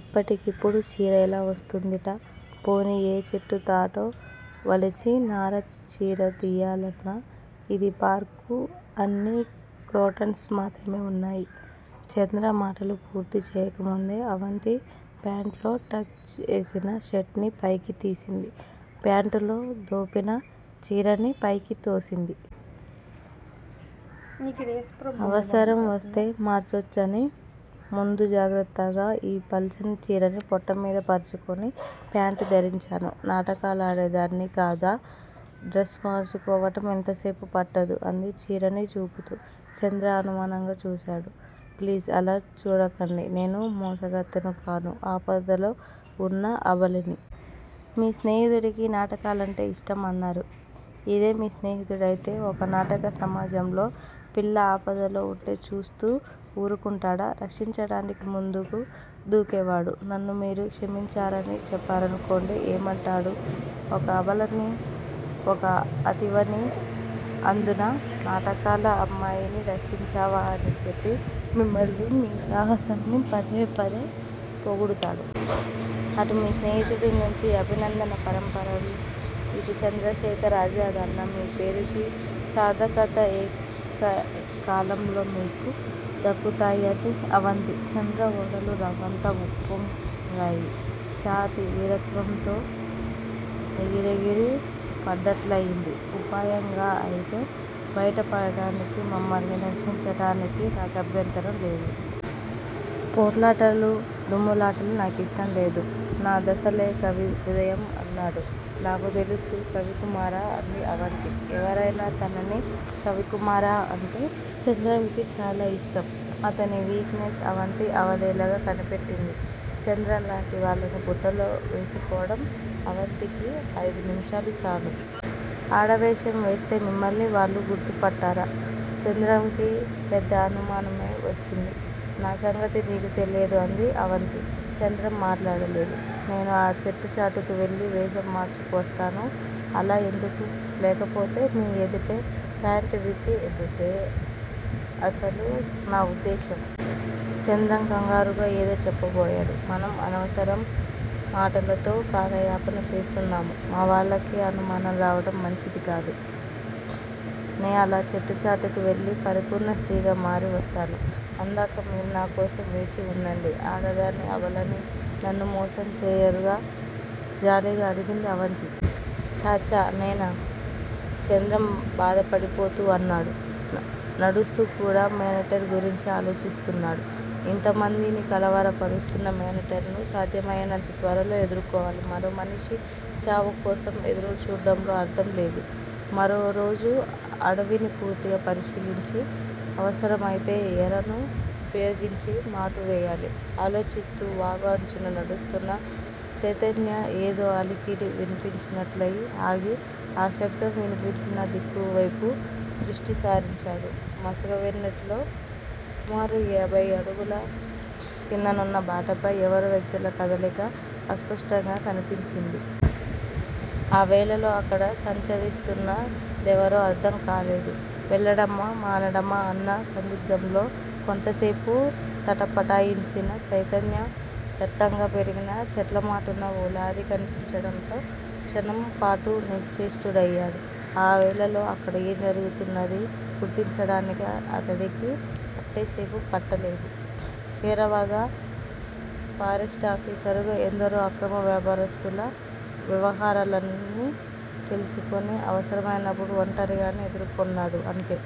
ఇప్పటికిప్పుడు చీర ఎలా వస్తూందిట? పోనీ ఏ చెట్టు తాటో వలిచి నార చీర తియ్యాలన్నా ఇది పార్కు అన్నీ క్రోటన్స్ మాత్రమే వున్నాయి. చంద్ర మాటలు పూర్తి చేయకముందే అవంతి ప్యాంట్ లో టక్ చేసిన షర్ట్ ని పైకి తీసింది. ప్యాంటులో దోపిన చీరని పైకి తోసింది. అవసరం వస్తే మార్చొచ్చని ముందు జాగ్రత్తగా ఈ పల్చని చీరని పొట్టమీద పర్చుకొని ప్యాంటు ధరించాను. నాటకాలాడే దాన్ని కదా! డ్రస్ మార్చుకోవటం ఎంతోసేపు పట్టదు అంది చీరని చూపుతూ. చంద్ర అనుమానంగా చూశాడు. ప్లీజ్ అలా చూడకండి. నేను మోసగత్తెను కాను. ఆపదలో వున్న అబలని. మీ స్నేహితుడికి నాటకాలంటే యిష్టం అన్నారు. ఇదే మీ స్నేహితుడైతే ఒక నాటక సమాజంలో పిల్ల ఆపదలో వుంటే చూస్తూ వూరుకుంటాడా? రక్షించటానికి ముందుకు దూకేవాడు, నన్నుమీరు క్షమించారని చెప్పారనుకోండి. ఏమంటాడు? ఒక అబలని ఒక అతివని అందునా నాటకాల అమ్మాయిని రక్షించావా అని చెప్పి మిమ్మల్ని మీ సాహసాన్ని పదే పదే పొగుడుతాడు. అటు మీ స్నేహితుడి నుంచి అభినందన పరంపరలు ఇటు చంద్రశేఖర ఆజాద్ అన్న మీ పేరుకి సార్ధకత ఏకకాలంలో మీకు దక్కుతాయి అంది అవంతి. చంద్ర ఒడలు రవంత ఉప్పొంగాయి. ఛాతీ వీరత్వంతో ఎగిరెగిరి పడ్డట్లయింది. ఉపాయంగా అయితే బైట పడటానికి మమ్మల్ని రక్షించటానికి నాకభ్యంతరం లేదు. పోట్లాటలు దొమ్ములాటలు నా కిష్టం లేదు. నా దసలే కవి హృదయం అన్నాడు. నాకు తెలుసు కవికుమారా అంది అవంతి. ఎవరైనా తనని కవికుమారా అంటే చంద్రంకి చాలా యిష్టం. అతని వీక్ నెస్ అవంతి అవలీలగా కనిపెట్టింది. చంద్రంలాంటి వాళ్ళని బుట్టలో వేసుకోడం అవంతికి అయిదు నిమిషాలు చాలు. ఆడవేషం వేస్తే మిమ్మల్ని వాళ్ళు గుర్తుపట్టరా? చంద్రంకి పెద్ద అనుమానమే వచ్చింది. నా సంగతి నీకు తెలియదు అంది అవంతి. చంద్రం మాట్లాడలేదు. నేను ఆ చెట్టుచాటుకి వెళ్ళి వేషం మార్చుకు వస్తాను. అలా ఎందుకు? లేకపోతే మీ ఎదుటే ప్యాంటు విప్పి ఎబ్బెబ్బెబ్బె అసలు నా వుద్దేశ్యం! చంద్రం కంగారుగా ఏదో చెప్పబోయాడు. మనం అనవసరం మాటలతో కాలయాపన చేస్తున్నాము. మా వాళ్ళకి అనుమానం రావటం మంచిదికాదు. నే అలా చెట్టుచాటుకి వెళ్ళి పరిపూర్ణ స్త్రీగా మారి వస్తాను. అందాకా మీరు నాకోసం వేచి వుండండి. ఆడదాన్ని అబలని నన్ను మోసం చేయరుగా? జాలిగా అడిగింది అవంతి. ఛా ఛా నేనా! చంద్రం బాధపడిపోతూ అన్నాడు. నడుస్తూకూడా మేనీటర్ గురించి ఆలోచిస్తున్నాడు. ఇంతమందిని కలవర పరుస్తున్న మేనీటర్ ను సాధ్యమయినంత త్వరలో ఎదుర్కోవాలి. మరో మనిషి చావుకోసం ఎదురుచూడ్డంలో అర్ధంలేదు. మరోరోజు అడవిని పూర్తిగా పరిశీలించి, అవసరమయితే ఎరను ఉపయోగించి మాటు వేయాలి. ఆలోచిస్తూ వాగు అంచున నడుస్తున్న చైతన్య ఏదో అలికిడి వినిపించినట్లయి ఆగి, ఆ శబ్దం వినిపించిన దిక్కువేపు దృష్టి సారించాడు మసక వెన్నెట్లో సుమారు ఏభై అడుగుల కిందనున్న బాటపై యెవరో వ్యక్తుల కదలిక అస్పష్టంగా కనిపించింది. ఆ వేళలో అక్కడ సంచరిస్తున్న దెవరో అర్ధం కాలేదు. వెళ్ళడమా, మానడమా అన్న సందిగ్ధంలో కొంతసేపు తటపటాయించిన చైతన్య దట్టంగా పెరిగిన చెట్లమాటున ఓ లారీ కనిపించటంతో క్షణంపాటు నిశ్చేష్టుడయ్యాడు. ఆ వేళలో అక్కడ ఏం జరుగుతున్నదీ గుర్తించడానికి అతడికి అట్టేసేపు పట్టలేదు. చేవగల ఫారెస్టాఫీసరుగా ఎందరో అక్రమ వ్యాపారస్తుల వ్యవహారాల్ని తెలిసికొని అవసరమైనప్పుడు ఒంటరిగానే ఎదుర్కొన్నాడు. అంతే